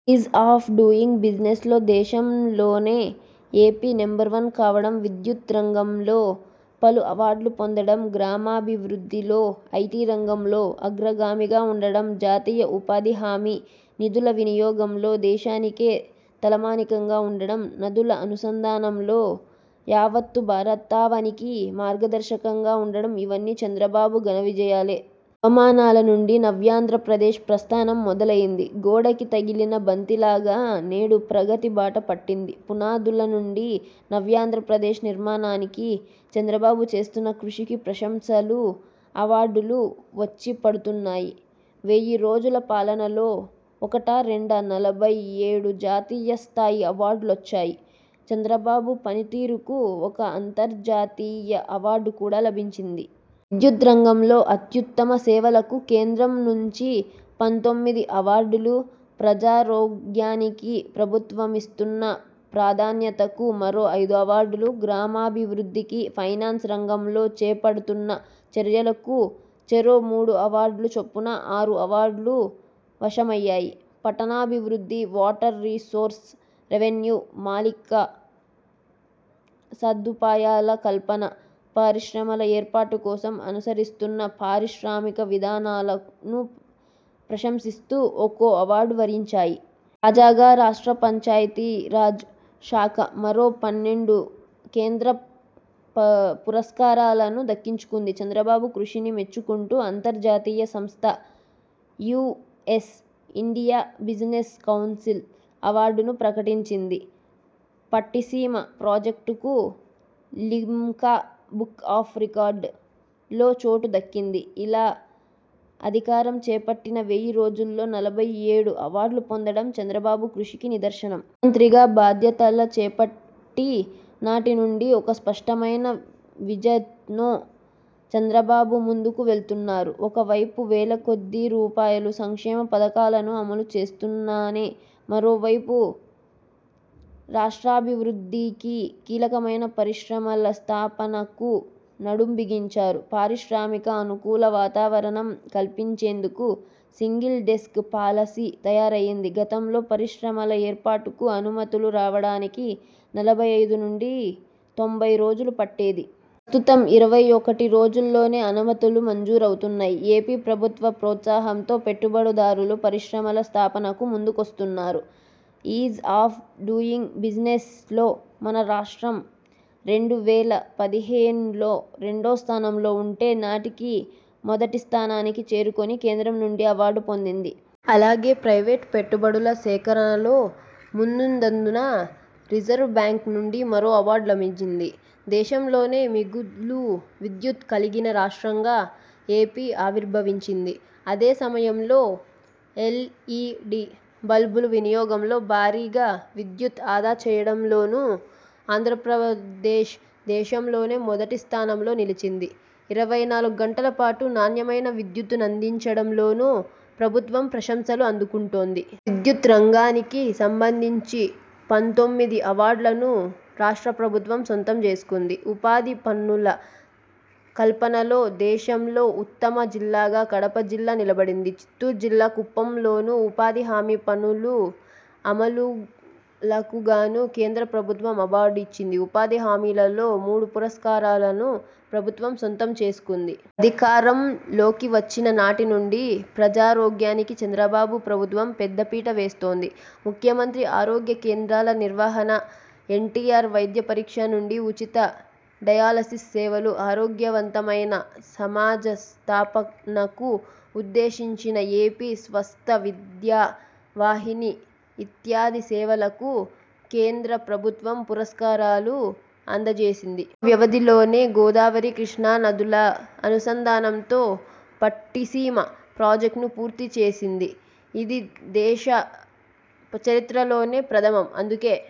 Is of doing business లో దేశంలోనే AP number one కావడం, విద్యుత్ రంగంలో పలు అవార్డులు పొందడం, గ్రామీణాభివృద్ధిలో, ఐటీ రంగంలో అగ్రగామిగా ఉండడం, జాతీయ ఉపాధి హామీ నిధుల వినియోగంలో దేశానికే తలమానికంగా ఉండడం, నదుల అనుసంధానంలో యావత్తు భారతావనికి మార్గదర్శకంగా ఉండడం ఇవన్నీ చంద్రబాబు ఘన విజయాలే. అవమానాల నుంచి నవ్యాంధ్రప్రదేశ్ ప్రస్థానం ప్రారంభమైంది. గోడకి తగిలిన బంతిలాగా నేడు ప్రగతి బాట పట్టింది. పునాదుల నుంచి నవ్యాంధ్రప్రదేశ్ నిర్మాణానికి చంద్రబాబు చేస్తున్న కృషికి ప్రశంసలు, అవార్డులు వచ్చిపడుతున్నాయి. వెయ్యి రోజుల పాలనలో ఒకటా రెండా నలభై ఏడు జాతీయస్థాయి అవార్డులొచ్చాయి. చంద్రబాబు పనితీరుకు ఒక అంతర్జాతీయ అవార్డు కూడా లభించింది. విద్యుత్ రంగంలో అత్యుత్తుమ సేవలకు కేంద్రం నుంచి పంతొమ్మిది అవార్డులు, ప్రజారోగ్యానికి ప్రభుత్వమిస్తున్న ప్రాధాన్యతకు మరో ఐదు అవార్డులు, గ్రామీణాభివృద్ధి, ఫైనాన్స్ రంగంలో చేపడుతున్న చర్యలకు చెరో మూడు అవార్డుల చొప్పున ఆరు అవార్డులూ వశమయ్యాయి. పట్టణాభివృద్ధి, వాటర్ రిసోర్స్, రెవెన్యూ, మాలిక సదుపాయాల కల్పన, పరిశ్రమల ఏర్పాటు కోసం అనుసరిస్తున్న పారిశ్రామిక విధానాలను ప్రశంసిస్తూ ఒక్కో అవార్డు వరించాయి. తాజాగా రాష్ట్ర పంచాయతీ రాజ్ శాఖ మరో పన్నెండు కేంద్ర పురస్కారాలను దక్కించుకుంది. చంద్రబాబు కృషిని మెచ్చుకుంటూ అంతర్జాతీయ సంస్థ యూఎస్ ఇండియా బిజినెస్ కౌన్సిల్ అవార్డును ప్రకటించింది. పట్టిసీమ ప్రాజెక్టుకు లిమ్కా బుక్ ఆఫ్ రికార్డు లో చోటు దక్కింది. ఇలా అధికారం చేపట్టిన వెయ్యి రోజుల్లో నలభై ఏడు అవార్డులు పొందడం చంద్రబాబు కృషికి నిదర్శనం. ముఖ్యమంత్రిగా బాధ్యతల చేపట్టి నాటినుంచి ఒక స్పష్టమైన విజన్తో చంద్రబాబు ముందుకు వెళుతున్నారు. ఒకవైపు వేలకోట్ల రూపాయల సంక్షేమ పథకాలను అమలు చేస్తూనే, మరోవైపు రాష్ట్రాభివృద్ధికి కీలకమైన పరిశ్రమల స్థాపనకు నడుంబిగించారు. పారిశ్రామిక అనుకూల వాతావరణం కల్పించేందుకు సింగిల్ డెస్క్ పాలసీ తయారైంది. గతంలో పరిశ్రమల ఏర్పాటుకు అనుమతులు రావడానికి నలభై ఐదు నుండి తొంభై రోజులు పట్టేది. ప్రస్తుతం ఇరవై ఒకటి రోజుల్లోనే అనుమతులు మంజూరవుతున్నాయి. ఏపీ ప్రభుత్వ ప్రోత్సాహంతో పెట్టుబడిదారులు పరిశ్రమల స్థాపనకు ముందుకొస్తున్నారు. ఈజ్ ఆఫ్ డూయింగ్ బిజినెస్లో మన రాష్ట్రం రెండు వేల పదిహేనులో రెండో స్థానంలో ఉంటే, నాటికి మొదటి స్థానానికి చేరుకుని కేంద్రం నుంచి అవార్డు పొందింది. అలాగే, ప్రైవేటు పెట్టుబడుల సేకరణలో ముందున్నందుకు రిజర్వు బ్యాంకు నుంచి మరో అవార్డు లభించింది. దేశంలోనే మిగులు విద్యుత్ కలిగిన రాష్ట్రంగా ఏపీ ఆవిర్భవించింది. అదే సమయంలో ఎల్ఈడీ బల్బుల వినియోగంతో భారీగా విద్యుత్ ఆదా చేయడంలోనూ ఆంధ్రప్రదేశ్ దేశంలోనే మొదటి స్థానంలో నిలిచించింది. ఇరవై నాలుగు గంటల పాటు నాణ్యమైన విద్యుత్తునందించడంలోనూ ప్రభుత్వం ప్రశంసలు అందుకుంటోంది. విద్యుత్ రంగానికి సంబంధించి పంతొమ్మిది అవార్డులను రాష్ట్ర ప్రభుత్వం సొంతం చేసుకుంది. ఉపాధి పనుల కల్పనలో దేశంలో ఉత్తమ జిల్లాగా కడప జిల్లా నిలబడింది. చిత్తూరు జిల్లా కుప్పంలోనూ ఉపాధి హామీ పనులు అమలులకుగాను కేంద్ర ప్రభుత్వ అవార్డు వచ్చింది. ఉపాధి హామీలో మూడు పురస్కారాలను ప్రభుత్వం సొంతం చేసుకుంది. అధికారంలోకి వచ్చిన నాటి నుండి ప్రజారోగ్యానికి చంద్రబాబు ప్రభుత్వం పెద్ద పీట వేస్తోంది. ముఖ్యమంత్రి ఆరోగ్య కేంద్రాల నిర్వహణ, ఎన్టీఆర్ వైద్య పరీక్ష నుండి ఉచిత డయాలసిస్ సేవలు, ఆరోగ్యవంతమైన సమాజ స్థాపనకు ఉద్దేశించిన ఏపీ స్వాస్థ్య విద్యా వాహిని ఇత్యాది సేవలకు కేంద్ర ప్రభుత్వం పురస్కారాలు అందజేసింది. వ్యవధిలోనే గోదావరి, కృష్ణా నదుల అనుసంధానంతో పట్టిసీమ ప్రాజెక్టును పూర్తి చేసింది. ఇది దేశ చరిత్రలోనే ప్రథమం. అందుకే